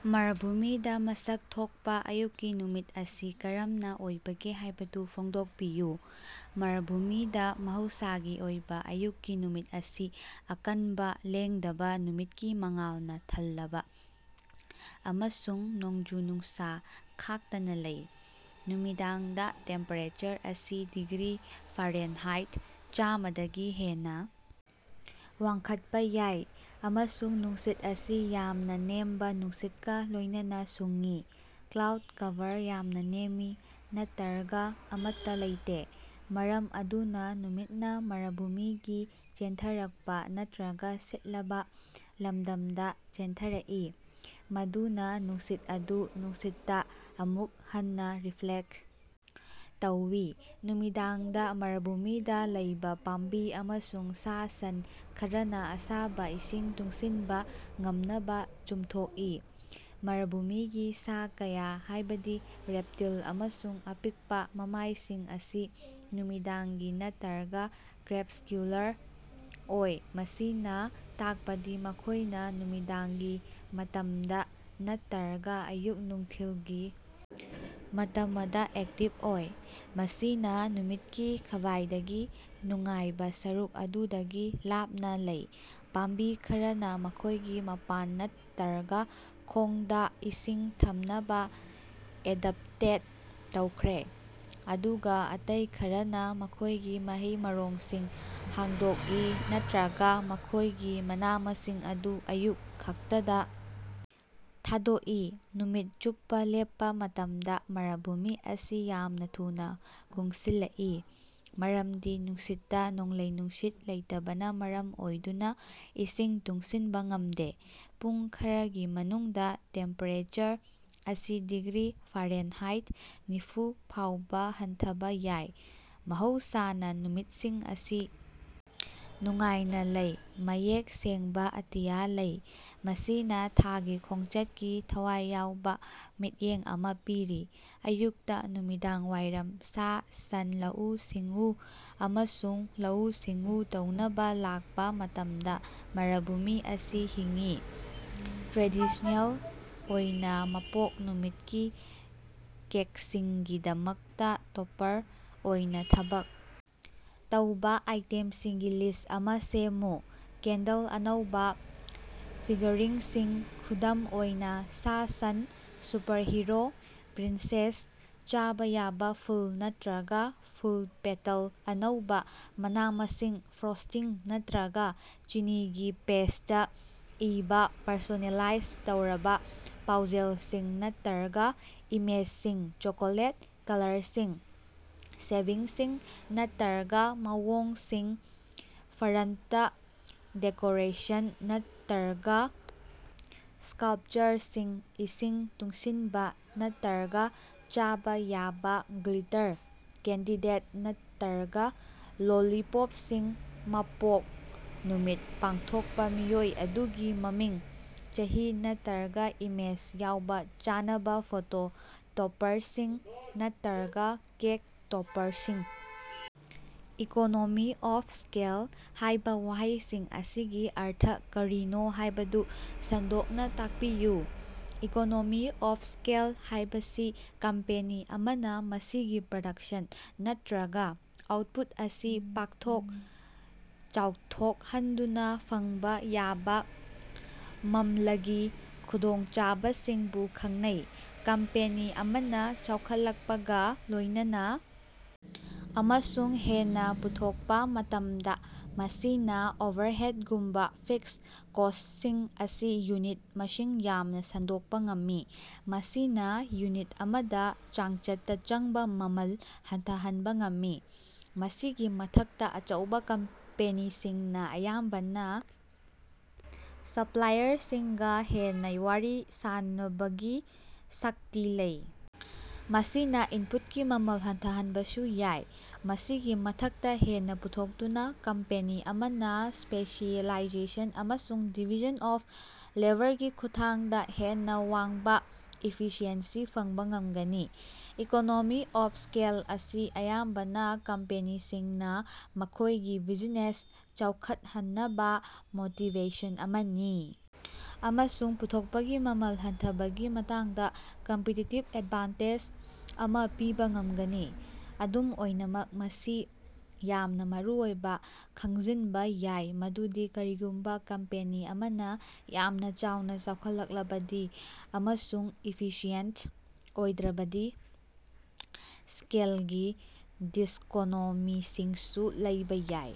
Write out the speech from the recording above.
ꯃꯔꯚꯨꯃꯤꯗ ꯃꯁꯛ ꯊꯣꯛꯄꯥ ꯑꯌꯨꯛꯀꯤ ꯅꯨꯃꯤꯠ ꯑꯁꯤ ꯀꯔꯝꯅꯥ ꯑꯣꯏꯕꯒꯦ ꯍꯥꯏꯕꯗꯨ ꯐꯣꯡꯗꯣꯛꯄꯤꯌꯨ꯫ ꯃꯔꯚꯨꯃꯤꯗ ꯃꯍꯧꯁꯥꯒꯤ ꯑꯣꯏꯕ ꯑꯌꯨꯛꯀꯤ ꯅꯨꯃꯤꯠ ꯑꯁꯤ ꯑꯀꯟꯕꯥ, ꯂꯦꯡꯗꯕꯥ ꯅꯨꯃꯤꯠꯀꯤ ꯃꯉꯥꯜꯅ ꯊꯜꯂꯕꯥ ꯑꯃꯁꯨꯡ ꯅꯣꯡꯖꯨ-ꯅꯨꯡꯁꯥ ꯈꯥꯛꯇꯅ ꯂꯩ꯫ ꯅꯨꯃꯤꯗꯥꯡꯗ ꯇꯦꯝꯄꯦꯔꯦꯆꯔ ꯑꯁꯤ ꯗꯤꯒ꯭ꯔꯤ ꯐꯥꯔꯦꯟꯍꯥꯏꯠ ꯆꯥꯝꯃ ꯗꯒꯤ ꯍꯦꯟꯅꯥ ꯋꯥꯡꯈꯠꯄꯥ ꯌꯥꯏ, ꯑꯃꯁꯨꯡ ꯅꯨꯡꯁꯤꯠ ꯑꯁꯤ ꯌꯥꯝꯅ ꯅꯦꯝꯕꯥ ꯅꯨꯡꯁꯤꯠꯀꯥ ꯂꯣꯏꯅꯅꯥ ꯁꯨꯡꯏ꯫ ꯀ꯭ꯂꯥꯎꯗ ꯀꯚꯔ ꯌꯥꯝꯅ ꯅꯦꯝꯃꯤ ꯅꯠꯇꯔꯒ ꯑꯃꯠꯇꯥ ꯂꯩꯇꯦ, ꯃꯔꯝ ꯑꯗꯨꯅꯥ ꯅꯨꯃꯤꯠꯅꯥ ꯃꯔꯚꯨꯃꯤꯒꯤ ꯆꯦꯟꯊꯔꯛꯄꯥ ꯅꯠꯇꯔꯒ ꯁꯤꯠꯂꯕꯥ ꯂꯝꯗꯝꯗꯥ ꯆꯦꯟꯊꯔꯛꯏ, ꯃꯗꯨꯅꯥ ꯅꯨꯡꯁꯤꯠ ꯑꯗꯨ ꯅꯨꯡꯁꯤꯠꯇꯥ ꯑꯃꯨꯛ ꯍꯟꯅꯥ ꯔꯤꯐ꯭ꯂꯦꯛꯇ ꯇꯧꯏ꯫ ꯅꯨꯃꯤꯗꯥꯡꯗ ꯃꯔꯚꯨꯃꯤꯗꯥ ꯂꯩꯕ ꯄꯥꯝꯕꯤ ꯑꯃꯁꯨꯡ ꯁꯥ-ꯁꯟ ꯈꯔꯅꯥ ꯑꯁꯥꯕ ꯏꯁꯤꯡ ꯇꯨꯡꯁꯤꯟꯕꯥ ꯉꯝꯅꯕꯥ ꯆꯨꯝꯊꯣꯛꯏ꯫ ꯃꯔꯚꯨꯃꯤꯒꯤ ꯁꯥ ꯀꯌꯥ, ꯍꯥꯏꯕꯗꯤ ꯔꯦꯞꯇꯤꯜ ꯑꯃꯁꯨꯡ ꯑꯄꯤꯛꯄꯥ ꯃꯃꯥꯏꯁꯤꯡ ꯑꯁꯤ ꯅꯨꯃꯤꯗꯥꯡꯒꯤ ꯅꯠꯇꯔꯒ ꯀ꯭ꯔꯦꯄꯁ꯭ꯀꯨꯂꯥꯔ ꯑꯣꯏ, ꯃꯁꯤꯅꯥ ꯇꯥꯛꯄꯗꯤ ꯃꯈꯣꯏꯅꯥ ꯅꯨꯃꯤꯗꯥꯡꯒꯤ ꯃꯇꯝꯗ ꯅꯠꯇꯔꯒ ꯑꯌꯨꯛ-ꯅꯨꯡꯊꯤꯜꯒꯤ ꯃꯇꯃꯗꯥ ꯑꯦꯛꯇꯤꯕ ꯑꯣꯏ, ꯃꯁꯤꯅꯥ ꯅꯨꯃꯤꯠꯀꯤ ꯈ꯭ꯕꯥꯏꯗꯒꯤ ꯅꯨꯡꯉꯥꯏꯕꯥ ꯁꯔꯨꯛ ꯑꯗꯨꯗꯒꯤ ꯂꯥꯞꯅꯥ ꯂꯩ꯫ ꯄꯥꯝꯕꯤ ꯈꯔꯅꯥ ꯃꯈꯣꯏꯒꯤ ꯃꯄꯥꯟ ꯅꯠꯇꯔꯒ ꯈꯣꯡꯗꯥ ꯏꯁꯤꯡ ꯊꯝꯅꯕꯥ ꯑꯦꯗꯞꯇꯦꯠ ꯇꯧꯈ꯭ꯔꯦ, ꯑꯗꯨꯒꯥ ꯑꯇꯩ ꯈꯔꯅꯥ ꯃꯈꯣꯏꯒꯤ ꯃꯍꯩ-ꯃꯔꯣꯡꯁꯤꯡ ꯍꯥꯡꯗꯣꯛꯏ ꯅꯠꯇꯔꯒꯥ ꯃꯈꯣꯏꯒꯤ ꯃꯅꯥ-ꯃꯁꯤꯡ ꯑꯗꯨ ꯑꯌꯨꯛ ꯈꯛꯇꯗꯥ ꯊꯥꯗꯣꯛꯏ꯫ ꯅꯨꯃꯤꯠ ꯆꯨꯞꯄꯥ ꯂꯦꯞꯄꯥ ꯃꯇꯝꯗ ꯃꯔꯚꯨꯃꯤ ꯑꯁꯤ ꯌꯥꯝꯅ ꯊꯨꯅꯥ ꯀꯨꯡꯁꯤꯜꯂꯛꯏ ꯃꯔꯝꯗꯤ ꯅꯨꯡꯁꯤꯠꯇꯥ ꯅꯣꯡꯂꯩ-ꯅꯨꯡꯁꯤꯠ ꯂꯩꯇꯕꯅꯥ ꯃꯔꯝ ꯑꯣꯏꯗꯨꯅꯥ ꯏꯁꯤꯡ ꯇꯨꯡꯁꯤꯟꯕꯥ ꯉꯝꯗꯦ꯫ ꯄꯨꯡ ꯈꯔꯒꯤ ꯃꯅꯨꯡꯗꯥ ꯇꯦꯝꯄꯦꯔꯦꯆꯔ ꯑꯁꯤ ꯗꯤꯒ꯭ꯔꯤ ꯐꯥꯔꯦꯟꯍꯥꯏꯠ ꯅꯤꯐꯨ ꯐꯥꯎꯕ ꯍꯟꯊꯕꯥ ꯌꯥꯏ꯫ ꯃꯍꯧꯁꯥꯅ ꯅꯨꯃꯤꯠꯁꯤꯡ ꯑꯁꯤ ꯅꯨꯡꯉꯥꯏꯅ ꯂꯩ, ꯃꯌꯦꯛ ꯁꯦꯡꯕꯥ ꯑꯇꯤꯌꯥ ꯂꯩ, ꯃꯁꯤꯅꯥ ꯊꯥꯒꯤ ꯈꯣꯡꯆꯠꯀꯤ ꯊꯋꯥꯏ ꯌꯥꯎꯕ ꯃꯤꯠꯌꯦꯡ ꯑꯃ ꯄꯤꯔꯤ꯫ ꯑꯌꯨꯛꯇꯥ ꯅꯨꯃꯤꯗꯥꯡꯋꯥꯏꯔꯝ ꯁꯥ-ꯁꯟꯂꯧꯎ-ꯁꯤꯡꯎ ꯑꯃꯁꯨꯡ ꯂꯧꯎ-ꯁꯤꯡꯎ ꯇꯧꯅꯕꯥ ꯂꯥꯛꯄ ꯃꯇꯝꯗ ꯃꯔꯕꯨꯃꯤ ꯑꯁꯤ ꯍꯤꯡꯏ꯫ ꯇ꯭ꯔꯦꯗꯤꯁꯅꯦꯜ ꯑꯣꯏꯅꯥ ꯃꯄꯣꯛ ꯅꯨꯃꯤꯠꯀꯤ ꯀꯦꯛꯁꯤꯡꯒꯤꯗꯃꯛꯇꯥ ꯇꯣꯄꯔ ꯑꯣꯏꯅ ꯊꯕꯛ ꯇꯧꯕ ꯑꯥꯏꯇꯦꯝꯁꯤꯡꯒꯤ ꯂꯤꯁ ꯑꯃ ꯁꯦꯝꯃꯨ꯫ ꯀꯦꯟꯗꯜ ꯑꯅꯧꯕ ꯐꯤꯒꯔꯤꯡꯁꯤꯡ (ꯈꯨꯗꯝ ꯑꯣꯏꯅꯥ, ꯁꯥ-ꯁꯟ, ꯁꯨꯄꯔꯍꯤꯔꯣ, ꯄ꯭ꯔꯤꯟꯁꯦꯁ) ꯆꯥꯕ ꯌꯥꯕ ꯐꯨꯜ ꯅꯠꯇꯔꯒ ꯐꯨꯜ ꯄꯦꯇꯜ ꯑꯅꯧꯕ ꯃꯅꯥ-ꯃꯁꯤꯡ ꯐ꯭ꯔꯣꯁ꯭ꯇꯤꯡ ꯅꯠꯇꯔꯒ ꯆꯤꯅꯤꯒꯤ ꯄꯦꯁ꯭ꯇꯇꯥ ꯏꯕꯥ ꯄꯔꯁꯣꯅꯦꯂꯥꯏꯖ ꯇꯧꯔꯕ ꯄꯥꯎꯖꯦꯜꯁꯤꯡ ꯅꯠꯇꯔꯒ ꯏꯃꯦꯖꯁꯤꯡ ꯆꯣꯀꯣꯂꯦꯠ ꯀꯂꯔꯁꯤꯡ, ꯁꯦꯚꯤꯡꯁꯤꯡ ꯅꯠꯇꯔꯒ ꯃꯑꯣꯡꯁꯤꯡ ꯐꯔꯟꯇ ꯗꯦꯀꯣꯔꯦꯁꯟ ꯅꯠꯇꯔꯒ ꯁ꯭ꯀꯥꯜꯞꯆꯥꯔꯁꯤꯡ ꯏꯁꯤꯡ ꯇꯨꯡꯁꯤꯟꯕ ꯅꯠꯇꯔꯒ ꯆꯥꯕ ꯌꯥꯕ ꯒ꯭ꯂꯤꯇꯔ ꯀꯦꯟꯗꯤꯗꯦꯠ ꯅꯠꯇꯔꯒ ꯂꯣꯂꯤꯄꯣꯞꯁꯤꯡ ꯃꯄꯣꯛ ꯅꯨꯃꯤꯠ ꯄꯥꯡꯊꯣꯛꯄ ꯃꯤꯑꯣꯏ ꯑꯗꯨꯒꯤ ꯃꯃꯤꯡ, ꯆꯍꯤ ꯅꯠꯇꯔꯒ ꯏꯃꯦꯖ ꯌꯥꯎꯕ ꯆꯥꯅꯕ ꯐꯣꯇꯣ ꯇꯣꯄꯔꯁꯤꯡ ꯅꯠꯇꯔꯒ ꯀꯦꯛ ꯇꯣꯄꯔꯁꯤꯡ꯫। 'ꯏꯀꯣꯅꯣꯃꯤ ꯑꯣꯐ ꯁ꯭ꯀꯦꯜ' ꯍꯥꯏꯕ ꯋꯥꯍꯩꯁꯤꯡ ꯑꯁꯤꯒꯤ ꯑꯔꯊ ꯀꯔꯤꯅꯣ ꯍꯥꯏꯕꯗꯨ ꯁꯟꯗꯣꯛꯅ ꯇꯥꯛꯄꯤꯌꯨ꯫ ꯏꯀꯣꯅꯣꯃꯤ ꯑꯣꯐ ꯁ꯭ꯀꯦꯜ ꯍꯥꯏꯕꯁꯤ ꯀꯝꯄꯦꯅꯤ ꯑꯃꯅ ꯃꯁꯤꯒꯤ ꯄ꯭ꯔꯗꯛꯁꯟ ꯅꯠꯇꯔꯒ ꯑꯥꯎꯠꯄꯨꯠ ꯑꯁꯤ ꯄꯥꯛꯊꯣꯛ ꯆꯥꯎꯊꯣꯛꯍꯟꯗꯨꯅꯥ ꯐꯪꯕ ꯌꯥꯕ ꯃꯝꯂꯒꯤ ꯈꯨꯗꯣꯡꯆꯥꯕꯁꯤꯡꯕꯨ ꯈꯪꯅꯩ꯫ ꯀꯝꯄꯦꯅꯤ ꯑꯃꯅ ꯆꯥꯎꯈꯠꯂꯛꯄꯒꯥ ꯂꯣꯏꯅꯅꯥ ꯑꯃꯁꯨꯡ ꯍꯦꯟꯅꯥ ꯄꯨꯊꯣꯛꯄꯥ ꯃꯇꯝꯗꯥ, ꯃꯁꯤꯅ ꯑꯣꯚꯔꯍꯦꯠꯒꯨꯝꯕꯥ ꯐꯤꯛꯁ ꯀꯣꯁ꯭ꯇꯁꯤꯡ ꯑꯁꯤ ꯌꯨꯅꯤꯠ ꯃꯁꯤꯡ ꯌꯥꯝꯅ ꯁꯟꯗꯣꯛꯄꯥ ꯉꯝꯃꯤ, ꯃꯁꯤꯅꯥ ꯌꯨꯅꯤꯠ ꯑꯃꯗ ꯆꯥꯡꯆꯠꯇꯥ ꯆꯪꯕ ꯃꯃꯜ ꯍꯟꯊꯍꯟꯕꯥ ꯉꯝꯃꯤ꯫ ꯃꯁꯤꯒꯤ ꯃꯊꯛꯇꯥ, ꯑꯆꯧꯕ ꯀꯝꯄꯦꯅꯤꯁꯤꯡꯅꯥ ꯑꯌꯥꯝꯕꯅ ꯁꯞꯂꯥꯏꯌꯔꯁꯤꯡꯒꯥ ꯍꯦꯟꯅꯥ ꯋꯥꯔꯤ ꯁꯥꯟꯕꯒꯤ ꯁꯛꯇꯤ ꯂꯩ, ꯃꯁꯤꯅ ꯏꯟꯄꯨꯠꯀꯤ ꯃꯃꯜ ꯍꯟꯊꯍꯟꯕꯁꯨ ꯌꯥꯏ꯫ ꯃꯁꯤꯒꯤ ꯃꯊꯛꯇꯥ, ꯍꯦꯟꯅꯥ ꯄꯨꯊꯣꯛꯇꯨꯅꯥ ꯀꯝꯄꯦꯅꯤ ꯑꯃꯅ ꯁ꯭ꯄꯦꯁꯤꯑꯦꯂꯥꯏꯖꯦꯁꯟ ꯑꯃꯁꯨꯡ ꯗꯤꯚꯤꯖꯟ ꯑꯣꯐ ꯂꯦꯕꯔꯒꯤ ꯈꯨꯠꯊꯥꯡꯗꯥ ꯍꯦꯟꯅꯥ ꯋꯥꯡꯕꯥ ꯏꯐꯤꯁꯤꯑꯦꯟꯁꯤ ꯐꯪꯕ ꯉꯝꯒꯅꯤ꯫ ꯏꯀꯣꯅꯣꯃꯤ ꯑꯣꯐ ꯁ꯭ꯀꯦꯜ ꯑꯁꯤ ꯑꯌꯥꯝꯕꯅ ꯀꯝꯄꯦꯅꯤꯁꯤꯡꯅꯥ ꯃꯈꯣꯏꯒꯤ ꯕꯤꯖꯤꯅꯦꯁ ꯆꯥꯎꯈꯠꯍꯟꯅꯕꯥ ꯃꯣꯇꯤꯕꯦꯁꯟ ꯑꯃꯅꯤ ꯑꯃꯁꯨꯡ ꯄꯨꯊꯣꯛꯄꯒꯤ ꯃꯃꯜ ꯍꯟꯊꯕꯒꯤ ꯃꯇꯥꯡꯗ ꯀꯝꯄꯤꯇꯤꯇꯤꯕ ꯑꯦꯗꯚꯥꯟꯇꯦꯖ ꯑꯃ ꯄꯤꯕꯥ ꯉꯝꯒꯅꯤ꯫ ꯑꯗꯨꯝ ꯑꯣꯏꯅꯃꯛ, ꯃꯁꯤ ꯌꯥꯝꯅ ꯃꯔꯨꯑꯣꯏꯅ ꯈꯪꯖꯤꯟꯕꯥ ꯌꯥꯏ ꯃꯗꯨꯗꯤ ꯀꯔꯤꯒꯨꯝꯕꯥ ꯀꯝꯄꯦꯅꯤ ꯑꯃꯅ ꯌꯥꯝꯅ ꯆꯥꯎꯅ ꯆꯥꯎꯈꯠꯂꯛꯂꯕꯗꯤ ꯑꯃꯁꯨꯡ ꯏꯐꯤꯁꯤꯌꯦꯟꯇ ꯑꯣꯏꯗ꯭ꯔꯕꯗꯤ ꯁ꯭ꯀꯦꯂꯒꯤ ꯗꯤꯁꯀꯣꯅꯣꯃꯤꯁꯤꯡꯁꯨ ꯂꯩꯕ ꯌꯥꯏ꯫